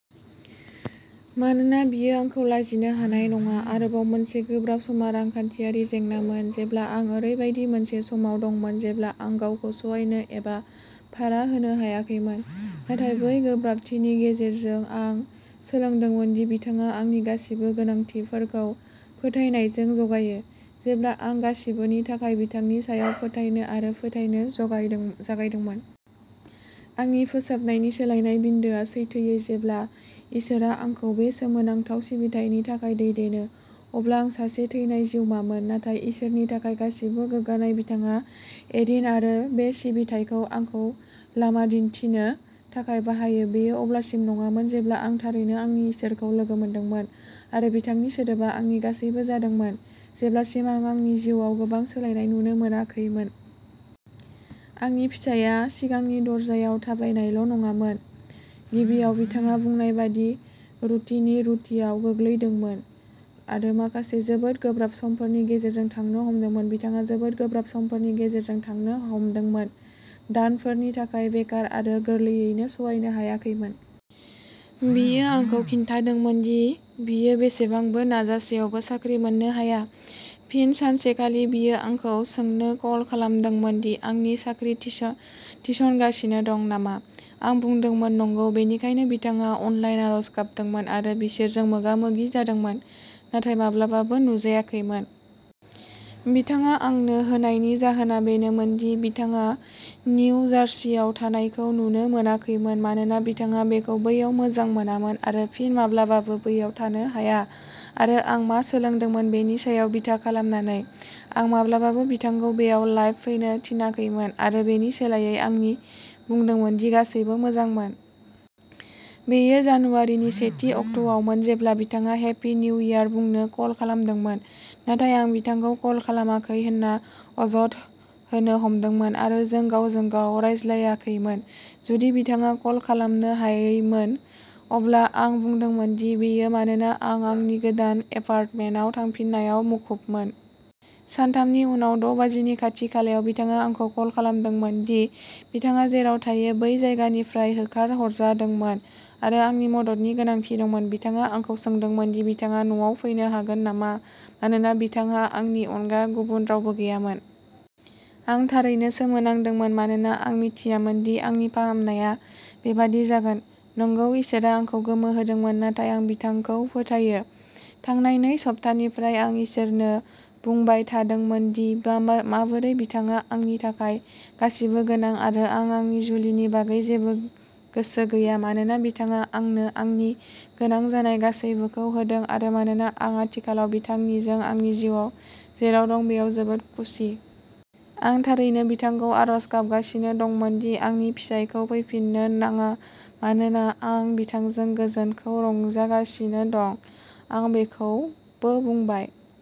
मानोना बियो आंखौ लाजिनो हानाय नङा। आरोबाव मोनसे गोब्राब समा रांखान्थियारि जेंनामोन, जेब्ला आं ओरैबायदि मोनसे समाव दंमोन जेब्ला आं गावखौ सहायनो एबा भारा होनो हायाखैमोन। नाथाय बै गोब्राबथिनि गेजेरजों आं सोलोंदोंमोन दि बिथाङा आंनि गासिबो गोनांथिफोरखौ फोथायनायजों जगायो, जेब्ला आं गासिबोनि थाखाय बिथांनि सायाव फोथायनो आरो फोथायनो जागायदोंमोन। आंनि फोसाबनायनि सोलायनाय बिन्दोआ सैथोयै जेब्ला इसोरआ आंखौ बे सोमोनांथाव सिबिथायनि थाखाय दैदेनो। अब्ला आं सासे थैनाय जिउमामोन, नाथाय इसोरनि थाखाय गासिबो गोग्गानाय बिथाङा एरिन आरो बे सिबिथायखौ आंखौ लामा दिन्थिनो थाखाय बाहायो बेयो अब्लासिम नङामोन जेब्ला आं थारैनो आंनि इसोरखौ लोगो मोनदोंमोन आरो बिथांनि सोदोबआ आंनि गासैबो जादोंमोन, जेब्लासिम आं आंनि जिउआव गोबां सोलायनाय नुनो मोनाखैमोन। आंनि फिसायआ सिगांनि दरजायाव थाबायनायल' नङामोन। गिबियाव, बिथाङा बुंनाय बायदि रुटिनि रुटिआव गोग्लैदोंमोन आरो माखासे जोबोद गोब्राब समफोरनि गेजेरजों थांनो हमदोंमोन। बिथाङा जोबोद गोब्राब समफोरनि गेजेरजों थांनो हमदोंमोन। दानफोरनि थाखाय बेकार आरो गोरलैयैनो सहायनो हायाखैमोन। बियो आंखौ खिन्थादोंमोन दि बियो बेसेबांबो नाजासेयावबो साख्रि मोननो हाया। फिन सानसेखालि बियो आंखौ सोंनो कल खालामदोंमोन दि आंनि साख्रि थिसनगासिनो दं नामा। आं बुंदोंमोन नंगौ, बेनिखायनो बिथाङा अनलाइन आरज गाबदोंमोन आरो बिसोरजों मोगा-मोगि जादोंमोन नाथाय माब्लाबाबो नुजायाखैमोन। बिथाङा आंनो होनायनि जाहोना बेनोमोन दि बिथाङा निउ जार्सीआव थानायखौ नुनो मोनाखैमोन मानोना बिथाङा बेखौ बैयाव मोजां मोनामोन आरो फिन माब्लाबाबो बैयाव थानो हाया आरो आं मा सोलोंदोंमोन बेनि सायाव बिथा खालामनानै, आं माब्लाबाबो बिथांखौ बेयाव लाइभ फैनो थिनाखैमोन आरो बेनि सोलायै आं बुंदोंमोन दि गासैबो मोजांमोन। बेयो जानुवारिनि सेथि अक्ट'आवमोन जेब्ला बिथाङा हेपि निउ इयार बुंनो कल खालामदोंमोन नाथाय आं बिथांखौ कल खालामाखै होनना अजद होनो हमदोंमोन आरो जों गावजों-गाव रायज्लायाखैमोन जुदि बिथाङा कल खालामनो हायैमोन। अब्ला आं बुंदोंमोन दि बेयो मानोना आं आंनि गोदान एपार्टमेन्टआव थांफिननायाव मुखुबमोन। सानथामनि उनाव द' बाजिनि खाथि-खालायाव बिथाङा आंखौ कल खालामदोंमोन दि बिथाङा जेराव थायो बै जायगानिफ्राय होखारहरजादोंमोन आरो आंनि मददनि गोनांथि दंमोन। बिथाङा आंखौ सोंदोंमोन दि बिथाङा न'आव फैनो हागोन नामा मानोना बिथांहा आंनि अनगा गुबुन रावबो गैयामोन। आं थारैनो सोमोनांदोंमोन मानोना आं मिथियामोन दि आंनि फाहामनाया बेबादि जागोन। नंगौ, इसोरआ आंखौ गोमोहोदोंमोन नाथाय आं बिथांखौ फोथायो। थांनाय नै सप्तानिफ्राय आं इसोरनो बुंबाय थादोंमोन दि माबोरै बिथाङा आंनि थाखाय गासिबो गोनां आरो आं आंनि जुलिनि बागै जेबो गोसो गैया मानोना बिथाङा आंनो आंनि गोनां जानाय गासैबोखौ होदों आरो मानोना आं आथिखालाव बिथांनिजों आंनि जिउआव जेराव दं बेयाव जोबोद खुसि। आं थारैनो बिथांखौ आरज गाबगासिनो दंमोन दि आंनि फिसायखौ फैफिननो नाङा मानोना आं बिथांजों गोजोनखौ रंजागासिनो दं। आं बेखौबो बुंबाय।